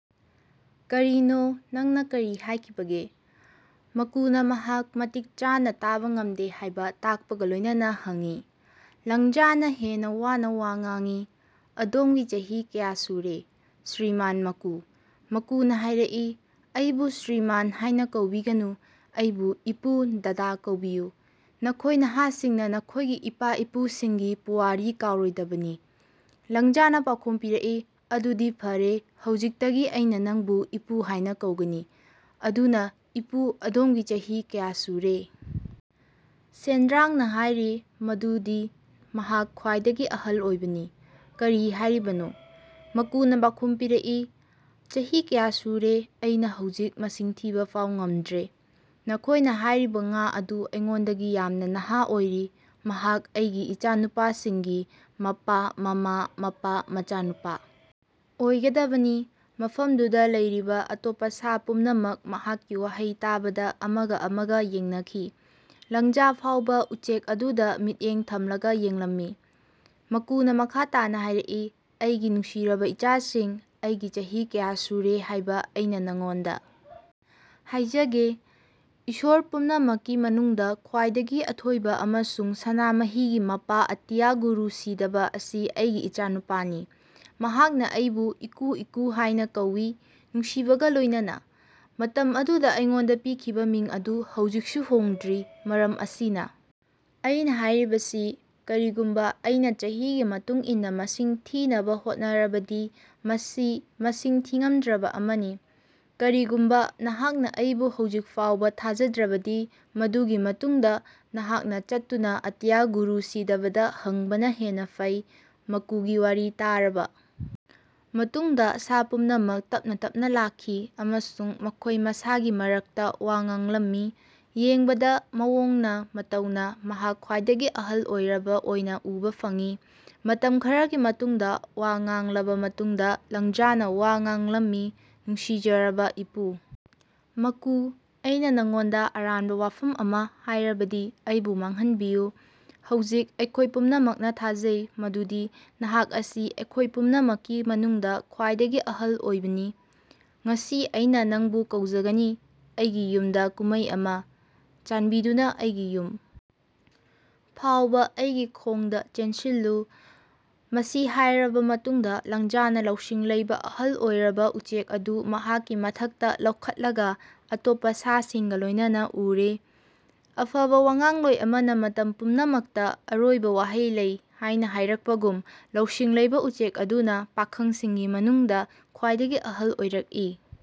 ꯀꯔꯤꯅꯣ ꯅꯪꯅ ꯀꯔꯤ ꯍꯥꯏꯈꯤꯕꯒꯦ? ꯃꯀꯨꯅ ꯃꯍꯥꯛ ꯃꯇꯤꯛ ꯆꯥꯅ ꯇꯥꯕ ꯉꯝꯗꯦ ꯍꯥꯏꯕ ꯇꯥꯛꯄꯒ ꯂꯣꯏꯅꯅ ꯍꯪꯏ꯫ ꯂꯪꯖꯥꯅ ꯍꯦꯟꯅ ꯋꯥꯅ ꯋꯥ ꯉꯥꯡꯏ, "ꯑꯗꯣꯝꯒꯤ ꯆꯍꯤ ꯀꯌꯥ ꯁꯨꯔꯦ, ꯁ꯭ꯔꯤꯃꯥꯟ ꯃꯀꯨ? ꯃꯀꯨꯅ ꯍꯥꯏꯔꯛꯏ, "ꯑꯩꯕꯨ ꯁ꯭ꯔꯤꯃꯥꯟ ꯍꯥꯏꯅ ꯀꯧꯕꯤꯒꯅꯨ, ꯑꯩꯕꯨ ꯏꯄꯨ(ꯗꯥꯗꯥ) ꯀꯧꯕꯤꯌꯨ꯫ ꯅꯈꯣꯏ ꯅꯍꯥꯁꯤꯡꯅ ꯅꯈꯣꯏꯒꯤ ꯏꯄꯥ-ꯏꯄꯨꯁꯤꯡꯒꯤ ꯄꯨꯋꯥꯔꯤ ꯀꯥꯎꯔꯣꯏꯗꯕꯅꯤ"꯫ ꯂꯪꯖꯥꯅ ꯄꯥꯎꯈꯨꯝ ꯄꯤꯔꯛꯏ, "ꯑꯗꯨꯗꯤ ꯐꯔꯦ, ꯍꯧꯖꯤꯛꯇꯒꯤ ꯑꯩꯅ ꯅꯪꯕꯨ 'ꯏꯄꯨ' ꯍꯥꯏꯅ ꯀꯧꯒꯅꯤ꯫" ꯑꯗꯨꯅ, ꯏꯄꯨ ꯑꯗꯣꯝꯒꯤ ꯆꯍꯤ ꯀꯌꯥ ꯁꯨꯔꯦ? ꯁꯦꯟꯗ꯭ꯔꯥꯡꯅ ꯍꯥꯏꯔꯤ ꯃꯗꯨꯗꯤ ꯃꯍꯥꯛ ꯈ꯭ꯋꯥꯏꯗꯒꯤ ꯑꯍꯜ ꯑꯣꯏꯕꯅꯤ꯫ "ꯀꯔꯤ ꯍꯥꯏꯔꯤꯕꯅꯣ"? ꯃꯀꯨꯅ ꯄꯥꯎꯈꯨꯝ ꯄꯤꯔꯛꯏ, "ꯆꯍꯤ ꯀꯌꯥ ꯁꯨꯔꯦ, ꯑꯩꯅꯥ ꯍꯧꯖꯤꯛ ꯃꯁꯤꯡ ꯊꯤꯕ ꯐꯥꯎꯕ ꯉꯝꯗ꯭ꯔꯦ꯫" ꯅꯈꯣꯏꯅ ꯍꯥꯏꯔꯤꯕ ꯉꯥ ꯑꯗꯨ ꯑꯩꯉꯣꯟꯗꯒꯤ ꯌꯥꯝꯅ ꯅꯍꯥ ꯑꯣꯏꯔꯤ꯫ ꯃꯍꯥꯛ ꯑꯩꯒꯤ ꯏꯆꯥꯅꯨꯄꯥꯁꯤꯡꯒꯤ ꯃꯄꯥ-ꯃꯃꯥ-ꯃꯄꯥ-ꯃꯆꯥꯅꯨꯄꯥ ꯑꯣꯏꯒꯗꯕꯅꯤ꯫" ꯃꯐꯝꯗꯨꯗ ꯂꯩꯔꯤꯕ ꯑꯇꯣꯞꯄ ꯁꯥ ꯄꯨꯝꯅꯃꯛ ꯃꯍꯥꯛꯀꯤ ꯋꯥꯍꯩ ꯇꯥꯕꯗ ꯑꯃꯒ ꯑꯃꯒ ꯌꯦꯡꯅꯈꯤ꯫ ꯂꯪꯖꯥ ꯐꯥꯎꯕ ꯎꯆꯦꯛ ꯑꯗꯨꯗ ꯃꯤꯠꯌꯦꯡ ꯊꯝꯂꯒ ꯌꯦꯡꯂꯝꯃꯤ꯫ ꯃꯀꯨꯅ ꯃꯈꯥ ꯇꯥꯅ ꯍꯥꯏꯔꯛꯏ, "ꯑꯩꯒꯤ ꯅꯨꯡꯁꯤꯔꯕ ꯏꯆꯥꯁꯤꯡ, ꯑꯩꯒꯤ ꯆꯍꯤ ꯀꯌꯥ ꯁꯨꯔꯦ ꯍꯥꯏꯕ ꯑꯩꯅꯥ ꯅꯉꯣꯟꯗ ꯍꯥꯏꯖꯒꯦ꯫ ꯏꯁꯣꯔ ꯄꯨꯝꯅꯃꯛꯀꯤ ꯃꯅꯨꯡꯗ ꯈ꯭ꯋꯥꯏꯗꯒꯤ ꯑꯊꯣꯏꯕ ꯑꯃꯁꯨꯡ ꯁꯅꯥꯃꯍꯤꯒꯤ ꯃꯄꯥ ꯑꯇꯤꯌꯥ ꯒꯨꯔꯨ ꯁꯤꯗꯕ ꯑꯁꯤ ꯑꯩꯒꯤ ꯏꯆꯥꯅꯨꯄꯥꯅꯤ꯫ ꯃꯍꯥꯛꯅ ꯑꯩꯕꯨ 'ꯏꯀꯨ ꯏꯀꯨ' ꯍꯥꯏꯅꯥ ꯀꯧꯏ, ꯅꯨꯡꯁꯤꯕꯒꯥ ꯂꯣꯏꯅꯅꯥ꯫ ꯃꯇꯝ ꯑꯗꯨꯗ ꯑꯩꯉꯣꯟꯗ ꯄꯤꯈꯤꯕ ꯃꯤꯡ ꯑꯗꯨ ꯍꯧꯖꯤꯛꯁꯨ ꯍꯣꯡꯗ꯭ꯔꯤ꯫ ꯃꯔꯝ ꯑꯁꯤꯅ ꯑꯩꯅ ꯍꯥꯏꯔꯤꯕꯁꯤ ꯀꯔꯤꯒꯨꯝꯕ ꯑꯩꯅ ꯆꯍꯤꯒꯤ ꯃꯇꯨꯡ ꯏꯟꯅ ꯃꯁꯤꯡ ꯊꯤꯅꯕ ꯍꯣꯠꯅꯔꯕꯗꯤ ꯃꯁꯤ ꯃꯁꯤꯡ ꯊꯤꯉꯝꯗ꯭ꯔꯕ ꯑꯃꯅꯤ꯫ ꯀꯔꯤꯒꯨꯝꯕ ꯅꯍꯥꯛꯅ ꯑꯩꯕꯨ ꯍꯧꯖꯤꯛ ꯐꯥꯎꯕ ꯊꯥꯖꯗ꯭ꯔꯕꯗꯤ ꯃꯗꯨꯒꯤ ꯃꯇꯨꯡꯗ ꯅꯍꯥꯛꯅ ꯆꯠꯇꯨꯅ ꯑꯇꯤꯌꯥ ꯒꯨꯔꯨ ꯁꯤꯗꯕꯗ ꯍꯪꯕꯅ ꯍꯦꯟꯅꯥ ꯐꯩ꯫ ꯃꯀꯨꯒꯤ ꯋꯥꯔꯤ ꯇꯥꯔꯕ ꯃꯇꯨꯡꯗ ꯁꯥ ꯄꯨꯝꯅꯃꯛ ꯇꯞꯅ ꯇꯞꯅ ꯂꯥꯛꯈꯤ ꯑꯃꯁꯨꯡ ꯃꯈꯣꯏ ꯃꯁꯥꯒꯤ ꯃꯔꯛꯇ ꯋꯥ ꯉꯥꯡꯂꯝꯃꯤ, "ꯌꯦꯡꯕꯗ ꯃꯑꯣꯡꯅ ꯃꯇꯧꯅ ꯃꯍꯥꯛ ꯈ꯭ꯋꯥꯏꯗꯒꯤ ꯑꯍꯜ ꯑꯣꯏꯔꯕ ꯑꯣꯏꯅ ꯎꯕ ꯐꯪꯏ꯫ ꯃꯇꯝ ꯈꯔꯒꯤ ꯃꯇꯨꯡꯗ ꯋꯥ ꯉꯥꯡꯂꯕ ꯃꯇꯨꯡꯗ ꯂꯪꯖꯥꯅ ꯋꯥ ꯉꯥꯡꯂꯝꯃꯤ, "ꯅꯨꯡꯁꯤꯖꯔꯕꯥ ꯏꯄꯨ ꯃꯀꯨ, ꯑꯩꯅ ꯅꯉꯣꯟꯗ ꯑꯔꯥꯟꯕ ꯋꯥꯐꯝ ꯑꯃ ꯍꯥꯏꯔꯕꯗꯤ ꯑꯩꯕꯨ ꯃꯥꯉꯍꯟꯕꯤꯌꯨ꯫ ꯍꯧꯖꯤꯛ ꯑꯩꯈꯣꯏ ꯄꯨꯝꯅꯃꯛꯅ ꯊꯥꯖꯩ ꯃꯗꯨꯗꯤ ꯅꯍꯥꯛ ꯑꯁꯤ ꯑꯩꯈꯣꯏ ꯄꯨꯝꯅꯃꯛꯀꯤ ꯃꯅꯨꯡꯗ ꯈ꯭ꯋꯥꯏꯗꯒꯤ ꯑꯍꯜ ꯑꯣꯏꯕꯅꯤ꯫ ꯉꯁꯤ ꯑꯩꯅꯥ ꯅꯪꯕꯨ ꯀꯧꯖꯒꯅꯤ ꯑꯩꯒꯤ ꯌꯨꯝꯗ ꯀꯨꯝꯃꯩ ꯑꯃꯥ꯫ ꯆꯥꯟꯕꯤꯗꯨꯅ ꯑꯩꯒꯤ ꯌꯨꯝ ꯐꯥꯎꯕ ꯑꯩꯒꯤ ꯈꯣꯡꯗ ꯆꯦꯟꯁꯤꯜꯂꯨ꯫ ꯃꯁꯤ ꯍꯥꯏꯔꯕ ꯃꯇꯨꯡꯗ ꯂꯪꯖꯥꯅ ꯂꯧꯁꯤꯡ ꯂꯩꯕ ꯑꯍꯜ ꯑꯣꯏꯔꯕ ꯎꯆꯦꯛ ꯑꯗꯨ ꯃꯍꯥꯛꯀꯤ ꯃꯊꯛꯇ ꯂꯧꯈꯠꯂꯒꯥ ꯑꯇꯣꯞꯄ ꯁꯥꯁꯤꯡꯒ ꯂꯣꯏꯅꯅ ꯎꯔꯦ꯫ ꯑꯐꯕ ꯋꯉꯥꯡꯂꯣꯏ ꯑꯃꯅ ꯃꯇꯝ ꯄꯨꯝꯅꯃꯛꯇꯥ ꯑꯔꯣꯏꯕ ꯋꯥꯍꯩ ꯂꯩ ꯍꯥꯏꯅ ꯍꯥꯏꯔꯛꯄꯒꯨꯝ, ꯂꯧꯁꯤꯡ ꯂꯩꯕꯥ ꯎꯆꯦꯛ ꯑꯗꯨꯅ ꯄꯥꯈꯪꯁꯤꯡꯒꯤ ꯃꯅꯨꯡꯗ ꯈ꯭ꯋꯥꯏꯗꯒꯤ ꯑꯍꯜ ꯑꯣꯏꯔꯛꯏ꯫